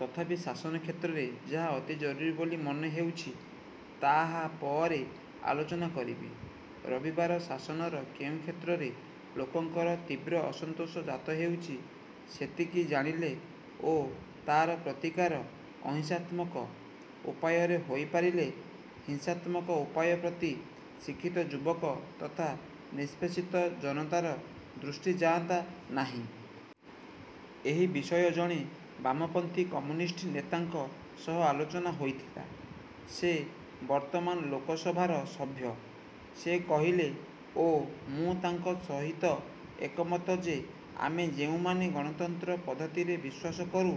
ତଥାପି ଶାସନ କ୍ଷେତ୍ରରେ ଯାହା ଅତି ଜରୁରି ବୋଲି ମନେହେଉଛି, ତାହା ପରେ ଆଲୋଚନା କରିବି। ରବିବାର ଶାସନର କେଉଁ କ୍ଷେତ୍ରରେ ଲୋକଙ୍କର ତୀବ୍ର ଅସନ୍ତୋଷ ଜାତ ହେଉଛି, ସେତିକି ଜାଣିଲେ ଓ ତାର ପ୍ରତିକାର ଅହିଂସାତ୍ମକ ଉପାୟରେ ହୋଇପାରିଲେ ହିଂସାତ୍ମକ ଉପାୟ ପ୍ରତି ଶିକ୍ଷିତ ଯୁବକ ତଥା ନିଷ୍ପେଷିତ ଜନତାର ଦୃଷ୍ଟି ଯାଆନ୍ତା ନାହିଁ। ଏହି ବିଷୟ ଜଣେ ବାମପନ୍ଥୀ କମ୍ୟୁନିଷ୍ଟ ନେତାଙ୍କ ସହ ଆଲୋଚନା ହୋଇଥିଲା। ସେ ବର୍ତ୍ତମାନ ଲୋକସଭାର ସଭ୍ୟ। ସେ କହିଲେ ଓ ମୁଁ ତାଙ୍କ ସହିତ ଏକମତ ଯେ ଆମେ ଯେଉଁମାନେ ଗଣତନ୍ତ୍ର ପଦ୍ଧତିରେ ବିଶ୍ୱାସ କରୁ,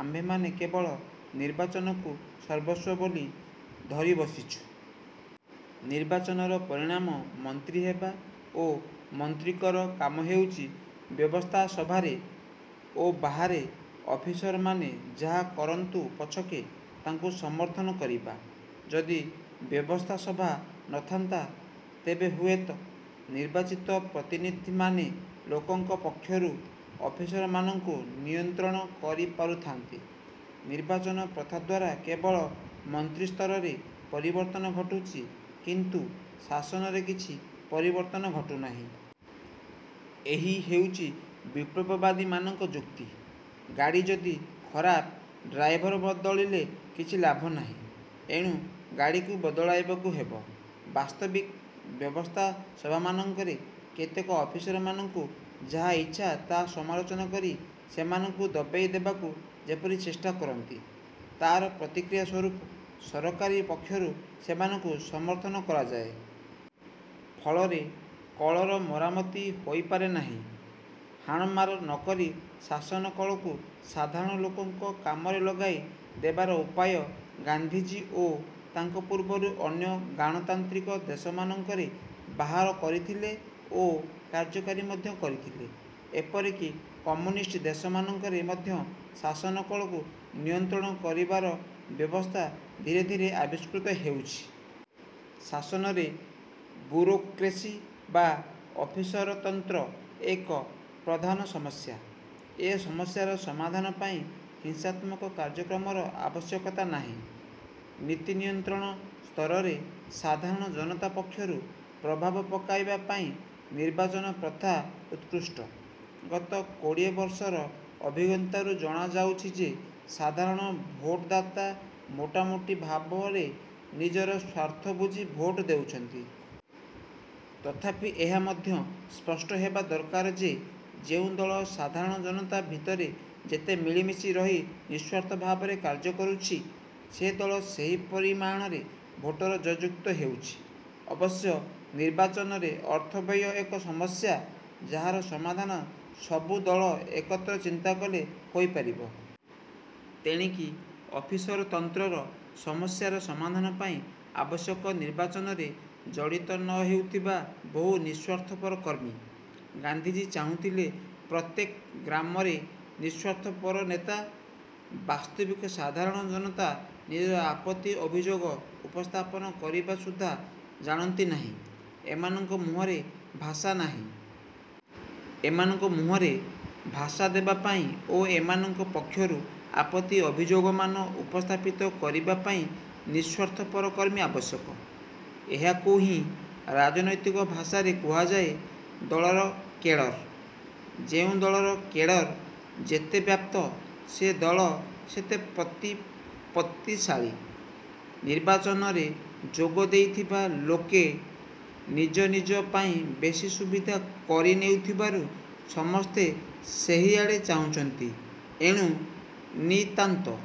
ଆମ୍ଭେମାନେ କେବଳ ନିର୍ବାଚନକୁ ସର୍ବସ୍ୱ ବୋଲି ଧରିବସିଛୁ। ନିର୍ବାଚନର ପରିଣାମ ମନ୍ତ୍ରୀ ହେବା ଓ ମନ୍ତ୍ରୀଙ୍କର କାମ ହେଉଛି ବ୍ୟବସ୍ଥାସଭାରେ ଓ ବାହାରେ ଅଫିସରମାନେ ଯାହା କରନ୍ତୁ ପଛକେ ତାଙ୍କୁ ସମର୍ଥନ କରିବା। ଯଦି ବ୍ୟବସ୍ଥାସଭା ନଥାନ୍ତା, ତେବେ ହୁଏତ ନିର୍ବାଚିତ ପ୍ରତିନିଧିମାନେ ଲୋକଙ୍କ ପକ୍ଷରୁ ଅଫିସରମାନଙ୍କୁ ନିୟନ୍ତ୍ରଣ କରିପାରୁଥାନ୍ତେ। ନିର୍ବାଚନ ପ୍ରଥାଦ୍ୱାରା କେବଳ ମନ୍ତ୍ରିସ୍ତରରେ ପରିବର୍ତ୍ତନ ଘଟୁଛି କିନ୍ତୁ ଶାସନରେ କିଛି ପରିବର୍ତ୍ତନ ଘଟୁନାହିଁ। ଏହି ହେଉଛି ବିପ୍ଳବବାଦୀମାନଙ୍କ ଯୁକ୍ତି। ଗାଡ଼ି ଯଦି ଖରାପ, ଡ୍ରାଇଭର ବଦଳିଲେ କିଛି ଲାଭନାହିଁ। ଏଣୁ ଗାଡ଼ିକୁ ବଦଳାଇବାକୁ ହେବ। ବାସ୍ତବିକ ବ୍ୟବସ୍ଥାସଭାମାନଙ୍କରେ କେତେକ ଅଫିସମାନଙ୍କୁ ଯାହା ଇଚ୍ଛା ତାହା ସମାଲୋଚନା କରି ସେମାନଙ୍କୁ ଦବେଇ ଦେବାକୁ ଯେପରି ଚେଷ୍ଟାକରନ୍ତି, ତା'ର ପ୍ରତିକ୍ରିୟା ସ୍ୱରୂପ ସରକାରୀ ପକ୍ଷରୁ ସେମାନଙ୍କୁ ସମର୍ଥନ କରାଯାଏ। ଫଳରେ କଳର ମରାମତି ହୋଇପାରେ ନାହିଁ। ହାଣମାର ନକରି ଶାସନ କଳକୁ ସାଧାରଣ ଲୋକଙ୍କ କାମରେ ଲଗାଇ ଦେବାର ଉପାୟ ଗାନ୍ଧିଜୀ ଓ ତାଙ୍କ ପୂର୍ବରୁ ଅନ୍ୟ ଗାଣତାନ୍ତ୍ରିକ ଦେଶମାନଙ୍କରେ ବାହାର କରିଥିଲେ ଓ କାର୍ଯ୍ୟକାରୀ ମଧ୍ୟ କରିଥିଲେ। ଏପରିକି କମ୍ୟୁନିଷ୍ଟ ଦେଶମାନଙ୍କରେ ମଧ୍ୟ ଶାସନ କଳକୁ ନିୟନ୍ତ୍ରଣ କରିବାର ବ୍ୟବସ୍ଥା ଧୀରେ ଧୀରେ ଆବିଷ୍କୃତ ହେଉଛି। ଶାସନରେ ବୁରୋକ୍ରେସି ବା ଅଫିସରତନ୍ତ୍ର ଏକ ପ୍ରଧାନ ସମସ୍ୟା। ଏ ସମସ୍ୟାର ସମାଧାନ ପାଇଁ ହିଂସାତ୍ମକ କାର୍ଯ୍ୟକ୍ରମର ଆବଶ୍ୟକତା ନାହିଁ। ନୀତିନିୟନ୍ତ୍ରଣ ସ୍ତରରେ ସାଧାରଣ ଜନତା ପକ୍ଷରୁ ପ୍ରଭାବ ପକାଇବା ପାଇଁ ନିର୍ବାଚନ ପ୍ରଥା ଉତ୍କୃଷ୍ଟ। ଗତ କୋଡ଼ିଏ ବର୍ଷର ଅଭିଜ୍ଞତାରୁ ଜଣାଯାଉଛି ଯେ ସାଧାରଣ ଭୋଟଦାତା ମୋଟାମୋଟି ଭାବରେ ନିଜର ସ୍ୱାର୍ଥବୁଝି ଭୋଟ ଦେଉଛନ୍ତି। ତଥାପି ଏହା ମଧ୍ୟ ସ୍ପଷ୍ଟହେବା ଦରକାର ଯେ ଯେଉଁ ଦଳ ସାଧାରଣ ଜନତା ଭିତରେ ଯେତେ ମିଳିମିଶି ରହି ନିଃସ୍ୱାର୍ଥ ଭାବରେ କାର୍ଯ୍ୟ କରୁଛି, ସେ ଦଳ ସେହି ପରିମାଣରେ ଭୋଟରେ ଜୟଯୁକ୍ତ ହେଉଛି। ଅବଶ୍ୟ ନିର୍ବାଚନରେ ଅର୍ଥବ୍ୟୟ ଏକ ସମସ୍ୟା- ଯାହାର ସମାଧାନ ସବୁ ଦଳ ଏକତ୍ର ଚିନ୍ତାକଲେ ହୋଇପାରିବ। ତେଣିକି ଅଫିସରତନ୍ତ୍ରର ସମସ୍ୟାର ସମାଧାନ ପାଇଁ ଆବଶ୍ୟକ ନିର୍ବାଚନରେ ଜଡ଼ିତ ନ ହେଉଥିବା ବହୁ ନିଃସ୍ୱାର୍ଥପର କର୍ମୀ। ଗାନ୍ଧିଜୀ ଚାହୁଁଥିଲେ ପ୍ରତ୍ୟେକ ଗ୍ରାମରେ ନିଃସ୍ୱାର୍ଥପର ନେତା। ବାସ୍ତବିକ ସାଧାରଣ ଜନତା ନିଜର ଆପତ୍ତି ଅଭିଯୋଗ ଉପସ୍ଥାପନ କରିବା ସୁଦ୍ଧା ଜାଣନ୍ତି ନାହିଁ। ଏମାନଙ୍କ ମୁହଁରେ ଭାଷା ନାହିଁ। ଏମାନଙ୍କ ମୁହଁରେ ଭାଷା ଦେବାପାଇଁ ଓ ଏମାନଙ୍କ ପକ୍ଷରୁ ଆପତ୍ତି ଅଭିଯୋଗମାନ ଉପସ୍ଥାପିତ କରିବା ପାଇଁ ନିଃସ୍ୱାର୍ଥପର କର୍ମୀ ଆବଶ୍ୟକ। ଏହାକୁ ହିଁ ରାଜନୈତିକ ଭାଷାରେ କୁହାଯାଏ ଦଳର କେଡ଼ର। ଯେଉଁ ଦଳର କେଡ଼ର ଯେତେ ବ୍ୟାପ୍ତ ସେ ଦଳ ସେତେ ପ୍ରତିପତ୍ତିଶାଳୀ। ନିର୍ବାଚନରେ ଯୋଗ ଦେଇଥିବା ଲୋକେ ନିଜ ନିଜ ପାଇଁ ବେଶି ସୁବିଧା କରି ନେଉଥିବାରୁ ସମସ୍ତେ ସେହିଆଡ଼େ ଚାହୁଁଛନ୍ତି। ଏଣୁ ନିତାନ୍ତ